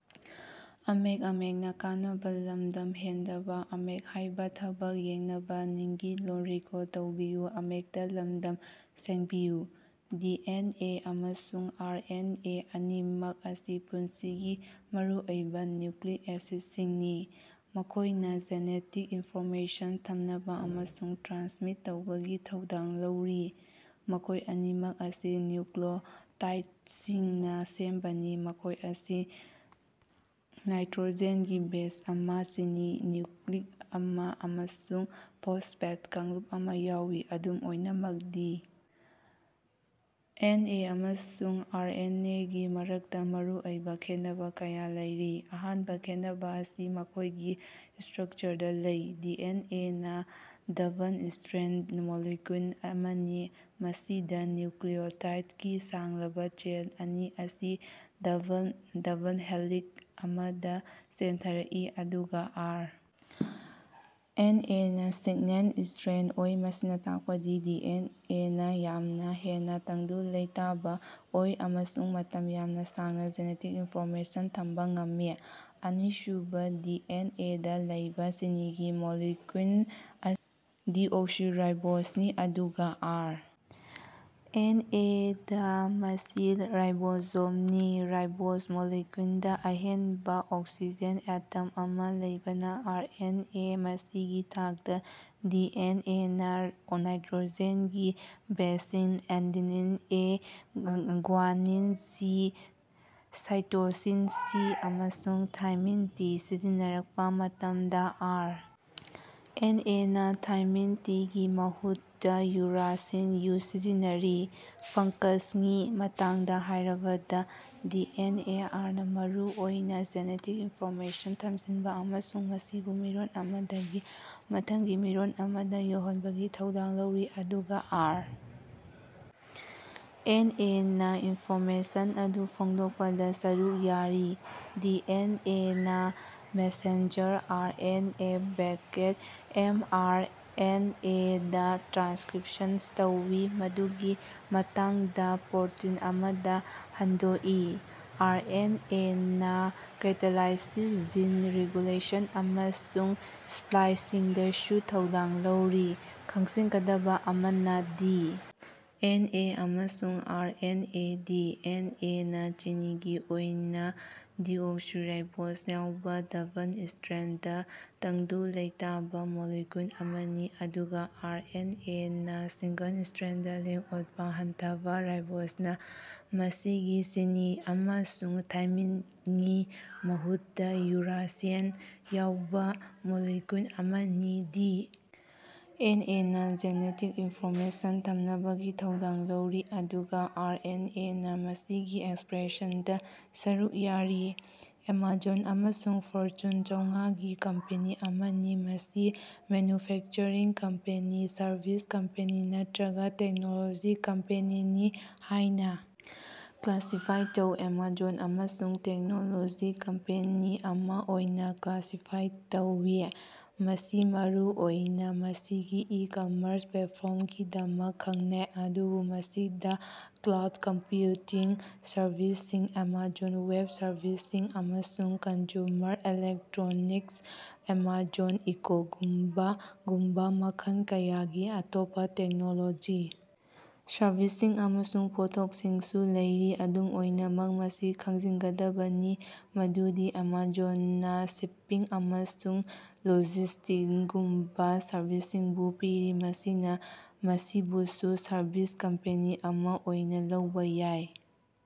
D. N. A. ꯑꯃꯁꯨꯡ R. N. A. ꯑꯅꯤꯃꯛ ꯑꯁꯤ ꯄꯨꯟꯁꯤꯒꯤ ꯃꯔꯨꯑꯣꯏꯕ ꯅ꯭ꯌꯨꯀꯂꯤꯛ ꯑꯦꯁꯤꯠꯁꯤꯡꯅꯤ, ꯃꯈꯣꯏꯅꯥ ꯖꯦꯅꯦꯇꯤꯛ ꯏꯟꯐꯣꯔꯃꯦꯁꯟ ꯊꯝꯅꯕꯥ ꯑꯃꯁꯨꯡ ꯇ꯭ꯔꯥꯟꯁꯃꯤꯠ ꯇꯧꯕꯒꯤ ꯊꯧꯗꯥꯡ ꯂꯧꯔꯤ꯫ ꯃꯈꯣꯏ ꯑꯅꯤꯃꯛ ꯑꯁꯤ ꯅ꯭ꯌꯨꯀꯂꯤꯛꯑꯣꯇꯥꯏꯗꯁꯤꯡꯅꯥ ꯁꯦꯝꯕꯅꯤ, ꯃꯈꯣꯏ ꯑꯁꯤ ꯅꯥꯏꯇꯔꯣꯖꯦꯟꯒꯤ ꯕꯦꯖ ꯑꯃ, ꯆꯤꯅꯤꯒꯤ ꯃꯣꯂꯤꯀꯌꯨꯜ ꯑꯃ ꯑꯃꯁꯨꯡ ꯐꯣꯁꯐꯦꯠ ꯀꯥꯡꯂꯨꯞ ꯑꯃ ꯌꯥꯎꯏ꯫ ꯑꯗꯨꯝ ꯑꯣꯏꯅꯃꯛ ꯗꯤ. ꯑꯦꯟ. ꯑꯦ. ꯑꯃꯁꯨꯡ ꯑꯥꯔ. ꯑꯦꯟ. ꯑꯦ. ꯒꯤ ꯃꯔꯛꯇ ꯃꯔꯨꯑꯣꯏꯕ ꯈꯦꯠꯅꯕꯥ ꯀꯌꯥ ꯂꯩꯔꯤ꯫ ꯑꯍꯥꯟꯕ ꯈꯦꯟꯅꯕꯥ ꯑꯁꯤ ꯃꯈꯣꯏꯒꯤ ꯁ꯭ꯇꯔꯛꯆꯔꯗꯥ ꯂꯩ꯫ ꯗꯤ. ꯑꯦꯟ. ꯑꯦ. ꯅꯥ ꯗꯕꯜ-ꯁ꯭ꯇꯔꯦꯟꯗ ꯃꯣꯂꯤꯀꯌꯨꯜ ꯑꯃꯅꯤ, ꯃꯁꯤꯗ ꯅ꯭ꯌꯨꯀꯂꯤꯛꯑꯣꯇꯥꯏꯗꯀꯤ ꯁꯥꯡꯂꯕ ꯆꯦꯟ ꯑꯅꯤ ꯑꯁꯤ ꯗꯕꯜ ꯗꯕꯜ ꯍꯦꯂꯤꯛꯁ ꯑꯃꯗ ꯆꯦꯟꯊꯔꯛꯏ, ꯑꯗꯨꯒ ꯑꯥꯔ. ꯑꯦꯟ. ꯑꯦ. ꯅꯥ ꯁꯤꯡꯅꯦꯜ-ꯁ꯭ꯇꯔꯦꯟꯗ ꯑꯣꯏ꯫ ꯃꯁꯤꯅ ꯇꯥꯛꯄꯗꯤ ꯗꯤ. ꯑꯦꯟ. ꯑꯦ. ꯅꯥ ꯌꯥꯝꯅ ꯍꯦꯟꯅꯥ ꯇꯪꯗꯨ ꯂꯩꯇꯥꯕ ꯑꯣꯏ ꯑꯃꯁꯨꯡ ꯃꯇꯝ ꯌꯥꯝꯅ ꯁꯥꯡꯅ ꯖꯦꯅꯦꯇꯤꯛ ꯏꯟꯐꯣꯔꯃꯦꯁꯟ ꯊꯝꯕꯥ ꯉꯝꯃꯤ꯫ ꯑꯅꯤꯁꯨꯕ, ꯗꯤ. ꯑꯦꯟ. ꯑꯦ. ꯗꯥ ꯂꯩꯕ ꯆꯤꯅꯤꯒꯤ ꯃꯣꯂꯤꯀꯌꯨꯜ ꯗꯤꯑꯣꯛꯁꯤꯔꯥꯏꯕꯣꯖꯅꯤ, ꯑꯗꯨꯒ ꯑꯥꯔ. ꯑꯦꯟ. ꯑꯦ. ꯗꯥ, ꯃꯁꯤ ꯔꯥꯏꯕꯣꯖꯅꯤ꯫ ꯔꯥꯏꯕꯣꯖ ꯃꯣꯂꯤꯀꯌꯨꯜꯗ ꯑꯍꯦꯟꯕ ꯑꯣꯛꯁꯤꯖꯦꯟ ꯑꯦꯇꯣꯝ ꯑꯃ ꯂꯩꯕꯅ ꯑꯥꯔ. ꯑꯦꯟ. ꯑꯦ. ꯃꯁꯤꯒꯤ ꯃꯊꯛꯇ, ꯗꯤ. ꯑꯦꯟ. ꯑꯦ. ꯅꯥ ꯅꯥꯏꯇꯔꯣꯖꯦꯟꯒꯤ ꯕꯦꯖꯁꯤꯡ adenine (A), guanine (G), cytosine (C), ꯑꯃꯁꯨꯡ ꯊꯥꯏꯃꯤꯟ (ꯇꯤ) ꯁꯤꯖꯤꯟꯅꯔꯛꯄꯥ ꯃꯇꯝꯗ, ꯑꯥꯔ. ꯑꯦꯟ. ꯑꯦ. ꯅꯥ ꯊꯥꯏꯃꯤꯟ (ꯇꯤ)ꯒꯤ ꯃꯍꯨꯠꯇ ꯌꯨꯔꯦꯁꯤꯜ (ꯌꯨ) ꯁꯤꯖꯤꯟꯅꯔꯤ꯫ ꯐꯉ꯭ꯀꯁꯉꯤ ꯃꯇꯥꯡꯗ ꯍꯥꯏꯔꯕꯗ, ꯗꯤ. ꯑꯦꯟ. ꯑꯦ. ꯅꯥ ꯃꯔꯨ ꯑꯣꯏꯅ ꯖꯦꯅꯦꯇꯤꯛ ꯏꯟꯐꯣꯔꯃꯦꯁꯟ ꯊꯝꯖꯤꯟꯕ ꯑꯃꯁꯨꯡ ꯃꯁꯤꯕꯨ ꯃꯤꯔꯣꯜ ꯑꯃꯗꯒꯤ ꯃꯊꯪꯒꯤ ꯃꯤꯔꯣꯜ ꯑꯃꯗ ꯌꯧꯍꯟꯕꯒꯤ ꯊꯧꯗꯥꯡ ꯂꯧꯔꯤ, ꯑꯗꯨꯒ ꯑꯥꯔ. ꯑꯦꯟ. ꯑꯦ. ꯅꯥ ꯏꯟꯐꯣꯔꯃꯦꯁꯟ ꯑꯗꯨ ꯐꯣꯡꯗꯣꯛꯄꯗ ꯁꯔꯨꯛ ꯌꯥꯔꯤ꯫ ꯗꯤ. ꯑꯦꯟ. ꯑꯦ. ꯅꯥ messenger R. N. A. (M. R. N. ꯑꯦ.)ꯗꯥ ꯇ꯭ꯔꯥꯟꯁꯀꯔꯤꯞꯁꯟ ꯇꯧꯏ, ꯃꯗꯨꯒꯤ ꯃꯇꯨꯡꯗꯥ ꯄ꯭ꯔꯣꯇꯤꯟ ꯑꯃꯗ ꯍꯟꯗꯣꯛꯏ꯫ ꯑꯥꯔ. ꯑꯦꯟ. ꯑꯦ. ꯅꯥ ꯀꯦꯇꯥꯂꯥꯏꯁꯤꯁ, ꯖꯤꯟ ꯔꯦꯒꯨꯂꯦꯁꯟ ꯑꯃꯁꯨꯡ ꯁ꯭ꯄꯂꯥꯏꯁꯤꯡꯗꯁꯨ ꯊꯧꯗꯥꯡ ꯂꯧꯔꯤ꯫ ꯈꯪꯖꯤꯒꯗꯕꯥ ꯑꯃꯅ, ꯗꯤ. ꯑꯦꯟ. ꯑꯦ. ꯑꯃꯁꯨꯡ R. N. A. D. N. A. ꯅꯥ ꯆꯤꯅꯤ ꯑꯣꯏꯅ ꯗꯤꯑꯣꯛꯁꯤꯔꯥꯏꯕꯣꯖ ꯌꯥꯎꯕ ꯗꯕꯜ-ꯁ꯭ꯇꯔꯦꯟꯗ, ꯇꯪꯗꯨ ꯂꯩꯇꯥꯕ ꯃꯣꯂꯤꯀꯌꯨꯜ ꯑꯃꯅꯤ, ꯑꯗꯨꯒ ꯑꯥꯔ. ꯑꯦꯟ. ꯑꯦ. ꯅꯥ ꯁꯤꯡꯒꯜ-ꯁ꯭ꯇꯔꯦꯟꯗ, ꯂꯦꯡ-ꯑꯣꯠꯄꯥ ꯍꯟꯊꯕꯥ, ꯔꯥꯏꯕꯣꯖꯅ ꯃꯁꯤꯒꯤ ꯆꯤꯅꯤ ꯑꯃꯁꯨꯡ ꯊꯥꯏꯃꯤꯉꯤ ꯃꯍꯨꯠꯇꯥ ꯌꯨꯔꯦꯁꯤꯜ ꯌꯥꯎꯕꯥ ꯃꯣꯂꯤꯛꯌꯨꯜ ꯑꯃꯅꯤ꯫ ꯗꯤ. ꯑꯦꯟ. ꯑꯦ. ꯅꯥ ꯖꯦꯅꯦꯇꯤꯛ ꯏꯅꯐꯣꯔꯃꯦꯁꯟ ꯊꯝꯅꯕꯒꯤ ꯊꯧꯗꯥꯡ ꯂꯧꯔꯤ, ꯑꯗꯨꯒ ꯑꯥꯔ. ꯑꯦꯟ. ꯑꯦ. ꯅꯥ ꯃꯁꯤꯒꯤ ꯑꯦꯛꯁꯄꯔꯦꯁꯟꯗꯥ ꯁꯔꯨꯛ ꯌꯥꯔꯤ꯫ ꯑꯦꯃꯥꯖꯣꯟ ꯑꯁꯤ ꯐꯣꯔꯆꯨꯟ ꯆꯧꯉꯥ ꯒꯤ ꯀꯝꯄꯦꯅꯤ ꯑꯃꯅꯤ꯫ ꯃꯁꯤ ꯃꯦꯟꯌꯨꯐꯦꯛꯆꯔꯤꯡ ꯀꯝꯄꯅꯤ, ꯁꯔꯚꯤꯁ ꯀꯝꯄꯅꯤ ꯅꯠꯇꯔꯒ ꯇꯦꯛꯅꯣꯂꯣꯖꯤ ꯀꯝꯄꯅꯤ ꯍꯥꯏꯅ ꯀ꯭ꯂꯥꯁꯤꯐꯥꯏ ꯇꯧ꯫ ꯑꯦꯃꯥꯖꯣꯟ ꯑꯁꯤ ꯇꯦꯛꯅꯣꯂꯣꯖꯤ ꯀꯝꯄꯦꯅꯤ ꯑꯃ ꯑꯣꯏꯅ ꯀ꯭ꯂꯥꯁꯤꯐꯥꯏ ꯇꯧꯏ꯫ ꯃꯁꯤ ꯃꯔꯨꯑꯣꯏꯅ ꯃꯁꯤꯒꯤ ꯏ-ꯀꯃꯔꯁ ꯄ꯭ꯂꯦꯠꯐꯣꯔꯝꯒꯤꯗꯃꯛ ꯈꯪꯅꯩ, ꯑꯗꯨꯕꯨ ꯃꯁꯤꯗ ꯀ꯭ꯂꯥꯎꯗ ꯀꯝꯄꯌꯨꯇꯤꯡ ꯁꯔꯚꯤꯁꯁꯤꯡ (ꯑꯦꯃꯥꯖꯣꯟ ꯋꯦꯕ ꯁꯔꯕꯤꯁꯁꯤꯡ) ꯑꯃꯁꯨꯡ ꯀꯟꯖꯨꯃꯔ ꯏꯂꯦꯛꯇꯔꯣꯅꯤꯛꯁ (ꯑꯦꯃꯥꯖꯣꯟ ꯏꯀꯣꯒꯨꯝꯕꯥ)ꯒꯨꯝꯕꯥ ꯃꯈꯜ ꯀꯌꯥꯒꯤ ꯑꯇꯣꯞꯄꯥ ꯇꯦꯛꯅꯣꯂꯣꯖꯤ ꯁꯔꯚꯤꯁꯁꯤꯡ ꯑꯃꯁꯨꯡ ꯄꯣꯠꯊꯣꯛꯁꯤꯡꯁꯨ ꯂꯩꯔꯤ꯫ ꯑꯗꯨꯝ ꯑꯣꯏꯅꯃꯛ, ꯃꯁꯤ ꯈꯪꯖꯤꯒꯗꯕꯅꯤ ꯃꯗꯨꯗꯤ ꯑꯦꯃꯥꯖꯣꯟꯅꯥ ꯁꯤꯄꯤꯡ ꯑꯃꯁꯨꯡ ꯂꯣꯖꯤꯁ꯭ꯇꯤꯛꯒꯨꯝꯕꯥ ꯁꯔꯚꯤꯁꯁꯤꯡꯕꯨ ꯄꯤꯔꯤ, ꯃꯁꯤꯅ ꯃꯁꯤꯕꯨꯁꯨ ꯁꯔꯚꯤꯁ ꯀꯝꯄꯦꯅꯤ ꯑꯃ ꯑꯣꯏꯅ ꯂꯧꯕ ꯌꯥꯏ꯫